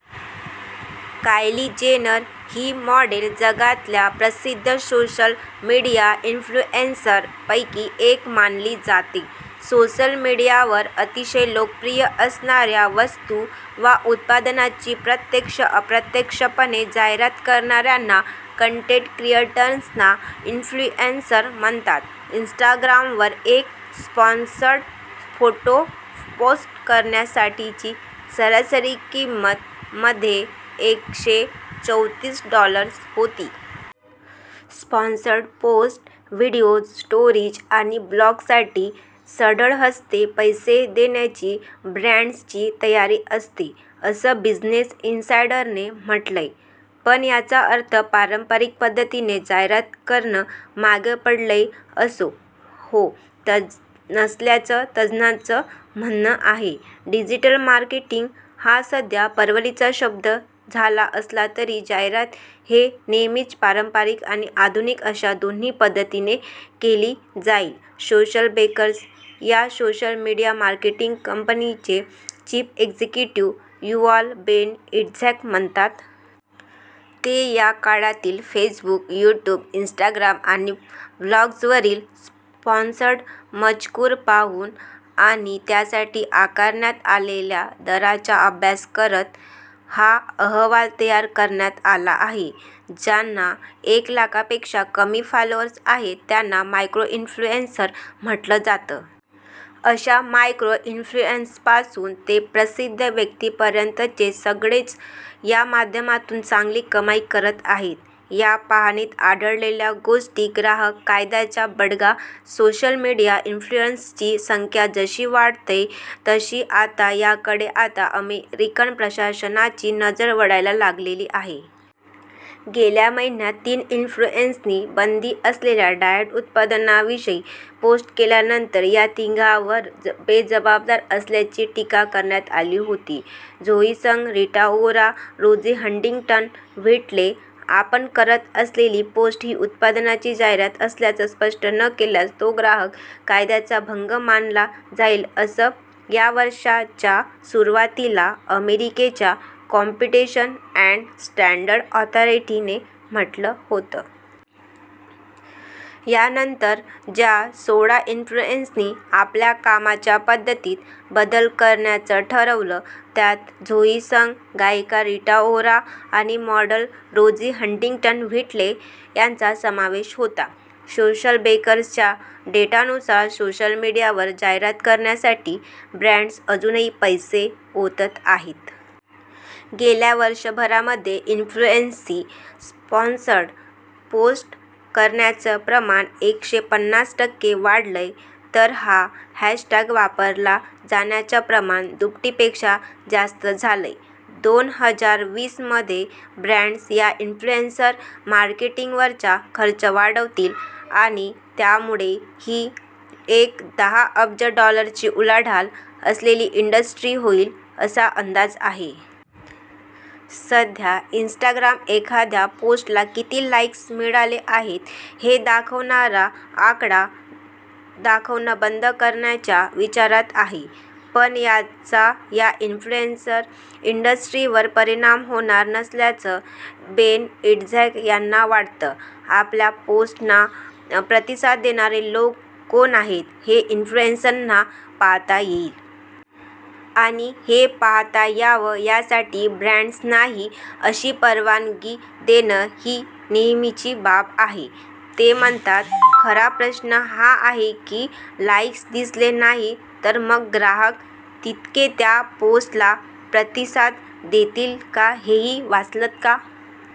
कायली Jenner ही model जगातल्या प्रसिद्ध सोशल मीडिया एन्फ्लुएन्सर पैकी एक मानली जाते. सोशल मीडियावर अतिशय लोकप्रिय असणाऱ्या, वस्तू वा उत्पादनांची प्रत्यक्ष-अप्रत्यक्षपणे जाहिरात करणाऱ्यांना कन्टेन्ट क्रिएटर्सना 'इन्फ्लुएन्सर' म्हणतात. इन्स्टाग्रामवर एक 'स्पॉन्सर्ड' फोटो पोस्ट करण्यासाठीची सरासरी किंमत मध्ये एकशे चौतीस डॉलर्स होती. स्पॉन्सर्ड पोस्ट्स, व्हिडिओज, स्टोरीज आणि ब्लॉग्ससाठी सढळहस्ते पैसे देण्याची ब्रॅण्ड्सची तयारी असते असं बिझनेस इनसायडरने म्हटलंय. पण याचा अर्थ पारंपरिक पद्धतीने जाहिरात करणं मागे पडलंय असा हो नसल्याचं तज्ज्ञांचं म्हणणं आहे. डिजिटल मार्केटिंग हा सध्या परवलीचा शब्द झाला असला तरी जाहिरात हे नेहमीच पारंपरिक आणि आधुनिक अशा दोन्ही पद्धतींनी केली जाईल सोशलबेकर्स या सोशल मीडिया मार्केटिंग कंपनीचे chief executive Yuval Ben Itzhak म्हणतात. ते या काळातील फेसबुक, युट्यूब, इन्स्टाग्राम आणि ब्लॉग्सवरील स्पॉन्सर्ड मजकूर पाहून आणि त्यासाठी आकारण्यात आलेल्या दरांचा अभ्यास करत हा अहवाल तयार करण्यात आला आहे. ज्यांना एक लाखांपेक्षा कमी फॉलोअर्स आहेत, त्यांना 'मायक्रो इन्फ्लुएन्सर' म्हटलं जातं. अशा मायक्रो इन्फ्लुएन्सर्सपासून ते प्रसिद्ध व्यक्तींपर्यंतचे सगळेच या माध्यमातून चांगली कमाई करत आहेत. या पाहणीत आढळलेल्या गोष्टी ग्राहक कायद्याचा बडगा सोशल मीडिया इन्फ्लुएन्सर्सची संख्या जशी वाढतेय तशी आता याकडे आता अमेरिकन प्रशासनाची नजर वळायला लागलेली आहे. गेल्या महिन्यात तीन इन्फ्लुएन्सर्सनी बंदी असलेल्या डाएट उत्पादनांविषयी पोस्ट केल्यानंतर या तिघांवर बेजबाबदार असल्याची टीका करण्यात आली होती. झोई सग, रिटा ओरा, रोझी हंटिंग्टन-व्हिटले आपण करत असलेली पोस्ट ही उत्पादनांची जाहिरात असल्याचं स्पष्ट न केल्यास तो ग्राहक कायद्याचा भंग मानला जाईल असं या वर्षाच्या सुरुवातीला अमेरिकेच्या 'कॉम्पिटिशन अॅण्ड स्टॅण्डर्डस अथॉरिटी'ने म्हटलं होतं. यानंतर ज्या सोळा इन्फ्लुएन्सर्सनी आपल्या कामाच्या पद्धतीत बदल करण्याचं ठरवलं त्यात झोई सग, गायिका रिटा ओरा आणि मॉडेल रोझी हंटिंग्टन-व्हिटले यांचा समावेश होता. सोशलबेकर्सच्या डेटानुसार सोशल मीडियावर जाहिरात करण्यासाठी ब्रॅण्ड्स अजूनही पैसे ओतत आहेत. गेल्या वर्षभरामध्ये इन्फ्लुएनर्ससी स्पॉन्सर्ड पोस्ट करण्याचं प्रमाण एकशे पन्नास टक्के वाढलंय तर हा हॅशटॅग वापरला जाण्याचं प्रमाण दुप्पटीपेक्षा जास्त झालंय. दोन हजार वीस मध्ये ब्रँण्डस या इन्फ्लुएन्सर मार्केटिंगवरचा खर्च वाढवतील आणि त्यामुळे ही एक दहा अब्ज डॉलर्सची उलाढाल असलेली इंडस्ट्री होईल असा अंदाज आहे. सध्या इन्स्टाग्राम एखाद्या पोस्टला किती 'लाईक्स' मिळाले आहेत हे दाखवणारा आकडा दाखवणं बंद करण्याच्या विचारात आहे. पण याचा या इन्फ्लुएन्सर इंडस्ट्रीवर परिणाम होणार नसल्याचं बेन इट्झाक यांना वाटतं. आपल्या पोस्टना प्रतिसाद देणारे लोक कोण आहेत हे इन्फ्लुएन्सर्सना पाहता येईल. आणि हे पाहता यावं यासाठी ब्रॅण्डसनाही अशी परवानगी देणं ही नेहमीची बाब आहे ते म्हणतात. खरा प्रश्न हा आहे की लाईक्स दिसले नाहीत तर मग ग्राहक तितके त्या पोस्टला प्रतिसाद देतील का हेही वाचलंत का?